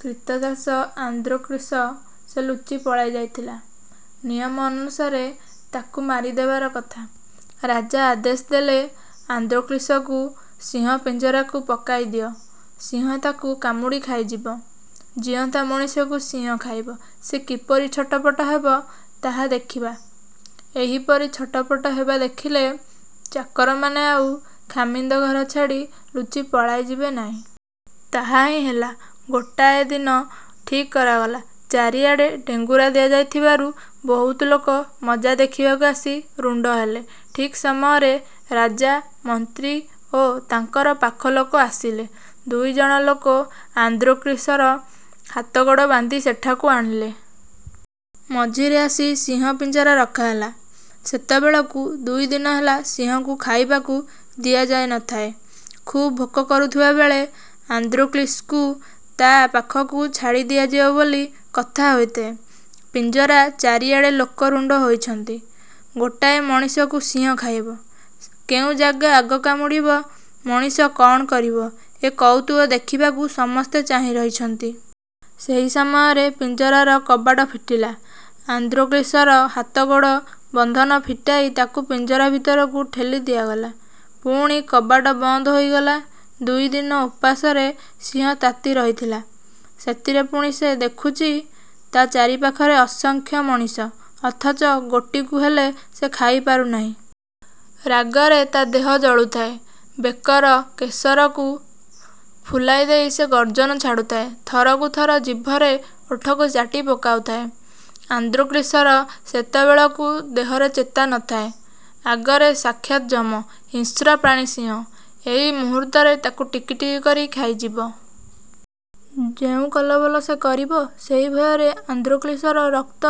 କ୍ରୀତଦାସ ଆନ୍ଦ୍ରୋକ୍ଳିସ; ସେ ଲୁଚି ପଳାଇ ଯାଇଥିଲା। ନିୟମ ଅନୁସାରେ ତାକୁ ମାରିଦେବାର କଥା। ରାଜା ଆଦେଶ ଦେଲେ, ''ଆନ୍ଦ୍ରୋକ୍ଳିସକୁ ସିଂହ ପିଞ୍ଜରାକୁ ପକାଇଦିଅ। ସିଂହ ତାକୁ କାମୁଡ଼ି ଖାଇଯିବ। ଜୀଅନ୍ତା ମଣିଷକୁ ସିଂହ ଖାଇବ, ସେ କିପରି ଛଟପଟ ହେବ-ତାହା ଦେଖିବା। ଏହିପରି ଛଟପଟ ହେବା ଦେଖିଲେ, ଚାକରମାନେ ଆଉ ଖାମିନ୍ଦ ଘର ଛାଡ଼ି ଲୁଚି ପଳାଇଯିବେ ନାହିଁ। '' ତାହା ହିଁ ହେଲା; ଗୋଟାଏ ଦିନ ଠିକ୍ କରାଗଲା। ଚାରିଆଡ଼େ ଡେଙ୍ଗୁରା ଦିଆଯାଇଥିବାରୁ ବହୁତ ଲୋକ ମଜା ଦେଖିବାକୁ ଆସି ରୁଣ୍ଡ ହେଲେ। ଠିକ୍ ସମୟରେ ରାଜା, ମନ୍ତ୍ରୀ ଓ ତାଙ୍କର ପାଖଲୋକ ଆସିଲେ। ଦୁଇ ଜଣ ଲୋକ ଆନ୍ଦ୍ରୋକ୍ଳିସର ହାତଗୋଡ଼ ବାନ୍ଧି ସେଠାକୁ ଆଣିଲେ। ମଝିରେ ଆସି ସିଂହ ପିଞ୍ଜରା ରଖାହେଲା। ସେତେବେଳକୁ ଦୁଇ ଦିନ ହେଲା ସିଂହକୁ ଖାଇବାକୁ ଦିଆଯାଇ ନ ଥାଏ। ଖୁବ୍ ଭୋକ କରୁଥିବାବେଳେ ଆନ୍ଦ୍ରୋକ୍ଳିସ୍କୁ ତା' ପାଖକୁ ଛାଡ଼ିଦିଆଯିବ ବୋଲି କଥା ହୋଇଥାଏ। ପିଞ୍ଜରା ଚାରିଆଡ଼େ ଲୋକ ରୁଣ୍ଡ ହୋଇଛନ୍ତି। ଗୋଟାଏ ମଣିଷକୁ ସିଂହ ଖାଇବ; କେଉଁ ଜାଗା ଆଗ କାମୁଡ଼ିବ, ମଣିଷ କ'ଣ କରିବ-ଏ କଉତୁକ ଦେଖିବାକୁ ସମସ୍ତେ ଚାହିଁ ରହିଛନ୍ତି-। ସେହି ସମୟରେ ପିଞ୍ଜରାର କବାଟ ଫିଟିଲା। ଆନ୍ଦ୍ରୋକ୍ଲିସର ହାତଗୋଡ଼ର ବନ୍ଧନ ଫିଟାଇ ତାକୁ ପିଞ୍ଜରା ଭିତରକୁ ଠେଲି ଦିଆଗଲା। ପୁଣି କବାଟ ବନ୍ଦ ହୋଇଗଲା। ଦୁଇ ଦିନ ଉପାସରେ ସିଂହ ତାତି ରହିଥିଲା। ସେଥିରେ ପୁଣି ସେ ଦେଖୁଛି, ତା' ଚାରିପାଖରେ ଅସଂଖ୍ୟ ମଣିଷ; ଅଥଚ ଗୋଟିକୁ ହେଲେ ସେ ଖାଇପାରୁ ନାହିଁ। ରାଗରେ ତା' ଦେହ ଜଳୁଥାଏ। ବେକର କେଶରକୁ ଫୁଲାଇଦେଇ ସେ ଗର୍ଜନ ଛାଡ଼ୁଥାଏ। ଥରକୁ ଥର ଜିଭରେ ଓଠକୁ ଚାଟି ପକାଉଥାଏ। ଆନ୍ଦ୍ରୋକ୍ଳିସର ସେତେବେଳକୁ ଦେହରେ ଚେତା ନ ଥାଏ। ଆଗରେ ସାକ୍ଷାତ୍ ଯମ-ହିଂସ୍ର ପ୍ରାଣୀ ସିଂହ। ଏହି ମୁହୂର୍ତ୍ତରେ ତାକୁ ଟିକିଟିକି କରି ଖାଇଯିବ। ଯେଉଁ କଲବଲ ସେ କରିବ-ସେହି ଭୟରେ ଆନ୍ଦ୍ରୋକ୍ଳିସର ରକ୍ତ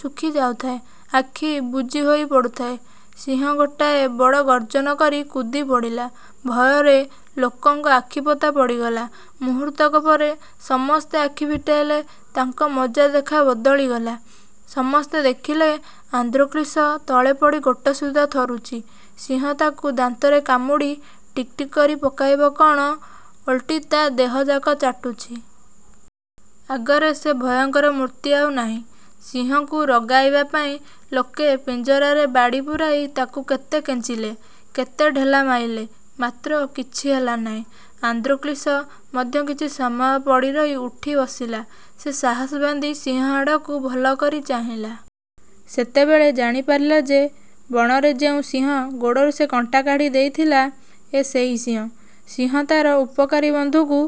ଶୁଖି ଯାଉଥାଏ; ଆଖି ବୁଜିହୋଇ ପଡ଼ୁଥାଏ। ସିଂହ ଗୋଟାଏ ବଡ଼ ଗର୍ଜନ କରି କୁଦିପଡ଼ିଲା। ଭୟରେ ଲୋକଙ୍କ ଆଖିପତା ପଡ଼ିଗଲା। ମୁହୂର୍ତ୍ତକ ପରେ ସମସ୍ତେ ଆଖି ଫିଟାଇଲେ, ତାଙ୍କ ମଜାଦେଖା ବଦଳିଗଲା। ସମସ୍ତେ ଦେଖିଲେ, ଆନ୍ଦ୍ରୋକ୍ଳିସ ତଳେ ପଡ଼ି ଗୋଟାସୁଦ୍ଧା ଥରୁଛି; ସିଂହ ତାକୁ ଦାନ୍ତରେ କାମୁଡ଼ି ଟିକ୍ଟିକ୍ କରି ପକାଇବ କଅଣ, ଓଲଟି ତା' ଦେହଯାକ ଚାଟୁଛି। ଆଗରେ ସେ ଭୟଙ୍କର ମୂର୍ତ୍ତି ଆଉ ନାହିଁ। ସିଂହକୁ ରଗାଇବା ପାଇଁ ଲୋକେ ପିଞ୍ଜରାରେ ବାଡ଼ି ପୂରାଇ ତାକୁ କେତେ କେଞ୍ଚିଲେ, କେତେ ଢେଲା ମାଇଲେ; ମାତ୍ର କିଛି ହେଲା ନାହିଁ। ଆନ୍ଦ୍ରୋକ୍ଳିସ ମଧ୍ୟ କିଛି ସମୟ ପଡ଼ି ରହି ଉଠି ବସିଲା। ସେ ସାହସ ବାନ୍ଧି ସିଂହ ଆଡ଼କୁ ଭଲକରି ଚାହିଁଲା। ସେତେବେଳେ ଜାଣିପାରିଲା ଯେ, ବଣରେ ଯେଉଁ ସିଂହ ଗୋଡ଼ରୁ ସେ କଣ୍ଟା କାଢ଼ି ଦେଇଥିଲା, ଏ ସେହି ସିଂହ। ସିଂହ ତା'ର ଉପକାରୀ ବନ୍ଧୁକୁ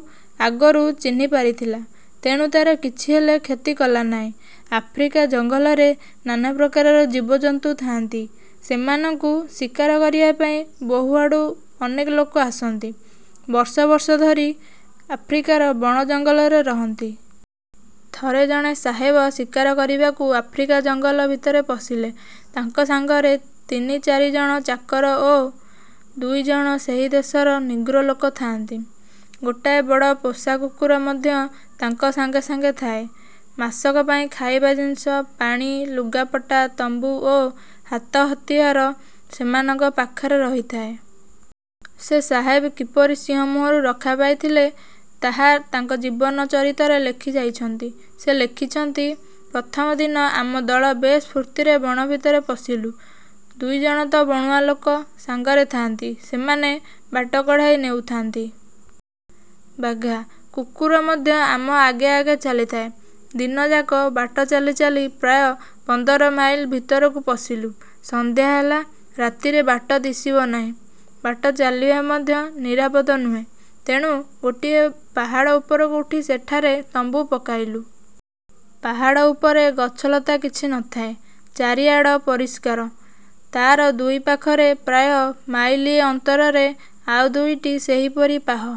ଆଗରୁ ଚିହ୍ନିପାରିଥିଲା; ତେଣୁ ତା'ର କିଛି ହେଲେ କ୍ଷତି କଲା ନାହିଁ। ଆଫ୍ରିକା ଜଙ୍ଗଲରେ ନାନାପ୍ରକାରର ଜୀବଜନ୍ତୁ ଥାଆନ୍ତି। ସେମାନଙ୍କୁ ଶିକାର କରିବାପାଇଁ ବହୁଆଡ଼ୁ ଅନେକଲୋକ ଆସନ୍ତି; ବର୍ଷବର୍ଷ ଧରି ଆଫ୍ରିକାର ବଣ ଜଙ୍ଗଲରେ ରହନ୍ତି। ଥରେ ଜଣେ ସାହେବ ଶିକାର କରିବାକୁ ଆଫ୍ରିକା ଜଙ୍ଗଲ ଭିତରେ ପଶିଲେ। ତାଙ୍କ ସାଙ୍ଗରେ ତିନି ଚାରି ଜଣ ଚାକର ଓ ଦୁଇ ଜଣ ସେହି ଦେଶର ନିଗ୍ରୋ ଲୋକ ଥାଆନ୍ତି। ଗୋଟାଏ ବଡ଼ ପୋଷା କୁକୁର ମଧ୍ୟ ତାଙ୍କ ସାଙ୍ଗେ ସାଙ୍ଗେ ଥାଏ। ମାସକ ପାଇଁ ଖାଇବା ଜିନିଷ, ପାଣି, ଲୁଗାପଟା, ତମ୍ବୁ ଓ ହାତହତିଆର ସେମାନଙ୍କ ପାଖରେ ରହିଥାଏ। ସେ ସାହେବ କିପରି ସିଂହ ମୁହଁରୁ ରକ୍ଷା ପାଇଥିଲେ, ତାହା ତାଙ୍କ ଜୀବନ ଚରିତରେ ଲେଖିଯାଇଛନ୍ତି। ସେ ଲେଖିଛନ୍ତି- ''ପ୍ରଥମ ଦିନ ଆମ ଦଳ ବେଶ୍ ଫୁର୍ତ୍ତିରେ ବଣ ଭିତରେ ପଶିଲୁ। ଦୁଇ ଜଣ ତ ବଣୁଆ ଲୋକ ସାଙ୍ଗରେ ଥାଆନ୍ତି; ସେମାନେ ବାଟ କଢ଼ାଇ ନେଉଥାଆନ୍ତି। 'ବାଘା' କୁକୁର ମଧ୍ୟ ଆମ ଆଗେ ଆଗେ ଚାଲିଥାଏ। ଦିନଯାକ ବାଟ ଚାଲିଚାଲି ପ୍ରାୟ ପନ୍ଦର ମାଇଲ ଭିତରକୁ ପଶିଲୁ। ସନ୍ଧ୍ୟା ହେଲା-ରାତିରେ ବାଟ ଦିଶିବ ନାହିଁ, ବାଟ ଚାଲିବା ମଧ୍ୟ ନିରାପଦ ନୁହେଁ; ତେଣୁ ଗୋଟିଏ ପାହାଡ଼ ଉପରକୁ ଉଠି ସେଠାରେ ତମ୍ବୁ ପକାଇଲୁ। ପାହାଡ଼ ଉପରେ ଗଛଲତା କିଛି ନ ଥାଏ; ଚାରିଆଡ଼ ପରିଷ୍କାର। ତା'ର ଦୁଇ ପାଖରେ ପ୍ରାୟ ମାଇଲିଏ ଅନ୍ତରରେ ଆଉ ଦୁଇଟି ସେହିପରି ପାହ।